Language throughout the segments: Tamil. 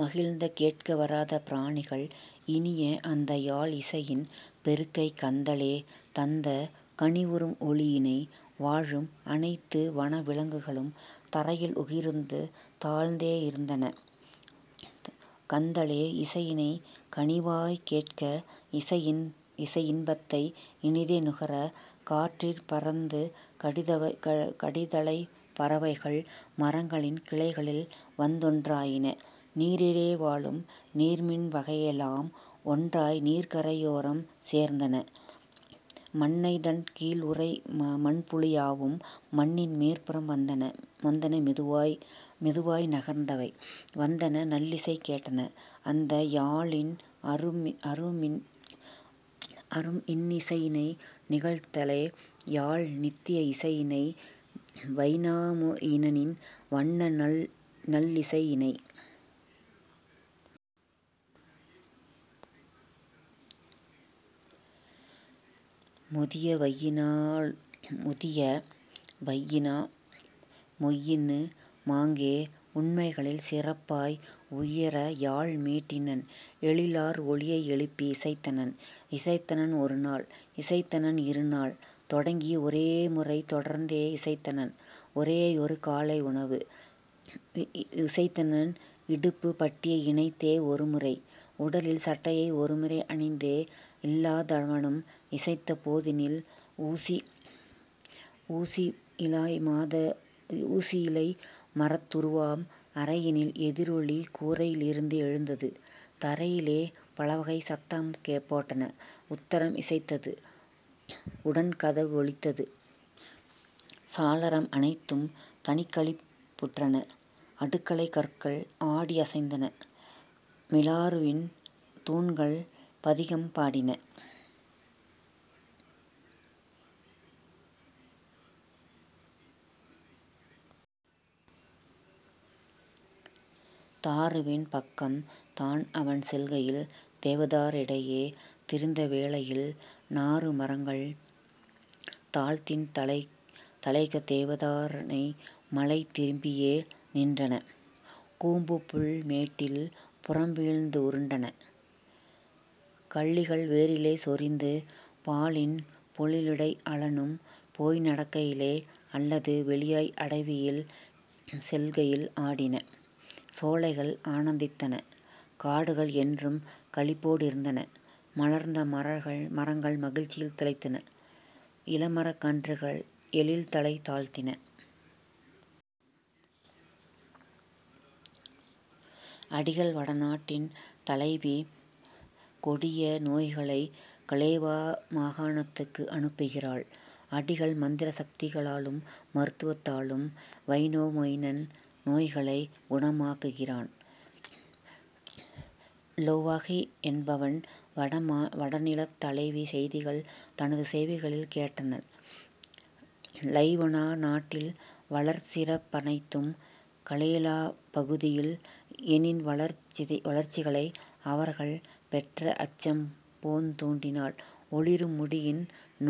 மகிழ்ந்து கேட்க வராத பிராணிகள் இனிய அந்தயாழ் இசையின் பெருக்கை கந்தலே தந்த கனிவுறும் ஒலியினை. வாழும் அனைத்து வனவிலங் குகளும் தரையில் உகிருறத் தாழ்ந்தே இருந்தன கந்தலே இசையினைக் கனிவாய்க் கேட்க இசையின் பத்தை இனிதே நுகர; காற்றிற் பறந்து கடிதலை பறவைகள் மரங்களின் கிளைகளில் வந்தொன் றாயின நீரிலே வாழும் நீர்மீன் வகையெலாம் ஒன்றாய் நீர்க்கரை யோரம் சேர்ந்தன மண்ணதன் கீழ்உறை மண்புழு யாவும் மண்ணின் மேற்புறம் வந்தன மெதுவாய் நகர்ந்தவை வந்தன நல்லிசை கேட்டன அந்த யாழின் அரும்மின் னிசையினை நிகழ்கந் தலேயாழ் நித்திய இசையினை வைனா மொயினனின் வண்ணநல் லிசையினை. முதிய வையினா மொயினு மாங்கே உண்மைகளில் சிறப்பாய் உயரயாழ் மீட்டினன் எழிலார் ஒலியை எழுப்பி இசைத்தனன்; இசைத்தனன் ஒருநாள் இசைத்தனன் இருநாள் தொடங்கி ஒரேமுறை தொடர்ந்தே இசைத்தனன் ஒரேயொரு காலை உணவுட னிசைத்தனன் இடுப்புப் பட்டியை இணைத்தே ஒருமுறை உடலில் சட்டையை ஒருமுறை அணிந்தே. இல்லதாவனும் இசைத்த போதினில் ஊசி யிலைமரத் துருவாம் அறையினில் எதிரொலி கூரையில் இருந்தே எழுந்தது தரையிலே பலவகைகள் சத்தம் போட்டன உத்தரம் இசைத்தது உடன்கத வொலித்தது சாளரம் அனைத்தும் தனிக்களிப் புற்றன அடுக்களைக் கற்கள் ஆடி யசைந்தன மிலாறுவின் தூண்கள் பதிகம் பாடின. தாருவின் பக்கம் தான்அவன் செல்கையில் தேவதா ரிடை யே திரிந்தவே ளையிலே தாரு மரங்கள் தாழ்த்தின தலைகள் தேவதா ரவைமலைத் திரும்பியே நின்றன கூம்புபுல் மேட்டில் புறம்வீழ்ந் துருண்டன சுள்ளிகள் வேரிலே சொரிந்து பரவின பொழிலிடை அவனும் போய்நடக் கையிலே அல்லது வெளியாம் அடவியில் செல்கையில் ஆடின சோலைகள் ஆனந் தித்தன காடுகள் என்றும் களிப்போ டிருந்தன மலர்ந்த மலர்கள் மகிழ்ச்சியில் திளைத்தன இளமரக் கன்றுகள் எழில்தலை தாழ்த்தின. அடிகள்: வட நாட்டின் தலைவி கொடிய நோய்களைக் கலேவா மாகாணத்துக்கு அனுப்புகிறாள். அடிகள்: மந்திர சக்தியாலும் மருத்துவத்தாலும் வைனாமொயினன் நோய்களைக் குணமாக்குகிறான். லொவ்ஹி என்பவள் வடநிலத் தலைவி செய்திகள் தனது செவிகளில் கேட்டனள் வைனொலா நாட்டின் வளர்சிறப் பனைத்தும் கலேவலாப் பகுதியின் கவின்வளர்ச் சிகளை அவர்கள் பெற்றஅச் சம்போத் துண்டினால் ஒளிரும் மூடியின்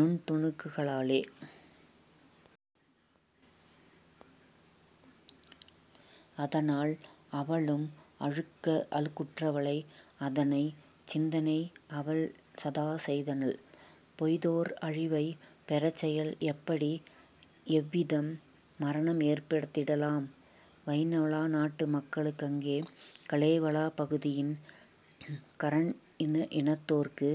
ஒண்துணுக் குகளால். அதனால் அவளும் அழுக்கா றுற்றனள் அதனைச் சிந்தனை அவள்சதா செய்தனள் பொயதோர் அழிவைப் பெறச்செயல் எப்படி எவ்விதம் மரணம் ஏற்படுத் திடலாம் வைனொலா நாட்டு மக்களுக் கங்கே கலேவலாப் பகுதியின் காண்இனத் தோர்க்கு.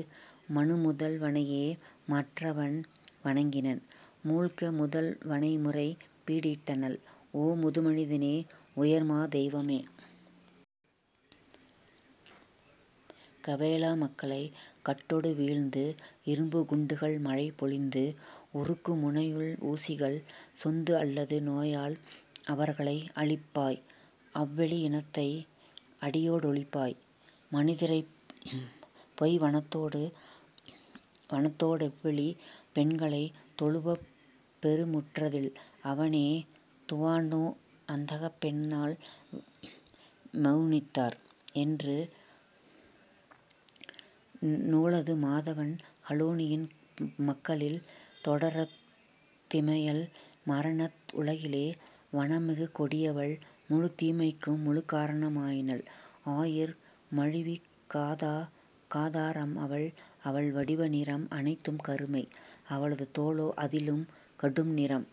மனுமுதல் வனையே மற்றவள் வணங்கினள் முழக்க முதல்வனை முறையீ டிட்டனள்: "ஓ, முது மனிதனே, உயர்மா தெய்வமே! கலேவா மக்களைக் கட்டொடு வீழ்த்து இரும்புக் குண்டு இகல்மழை பொழிந்து உருக்கு முனையுள ஊசிகள் சொந்து அல்லது நோயால் அவர்களை அழிப்பாய் அவ்வெளி இனத்தை அடியோ டொழிப்பாய் மனிதரைப் பொய வனத்தோட் டவெளி பெண்களைத் தொழுவப் பெருமுற் றநிலம்! " அவளோ துவோனலா அந்தகப் பெண்ணாம் லொவியத்தார் என்று நுவல்முது மாதவள் துவோனியின் மக்களில் தொடர்தீ மையவள் மரணத் உலகிலே வன்மிகுக் கொடியவள் முழுத் தீமைக்கும் முழுக்கா ரணமவள் ஆயிர மழிவுக் காதா ரமவள்; அவள்வடி வநிறம் அனைத்தும் கருமை அவளது தோலோ அதிலும் கடும்நிறம்.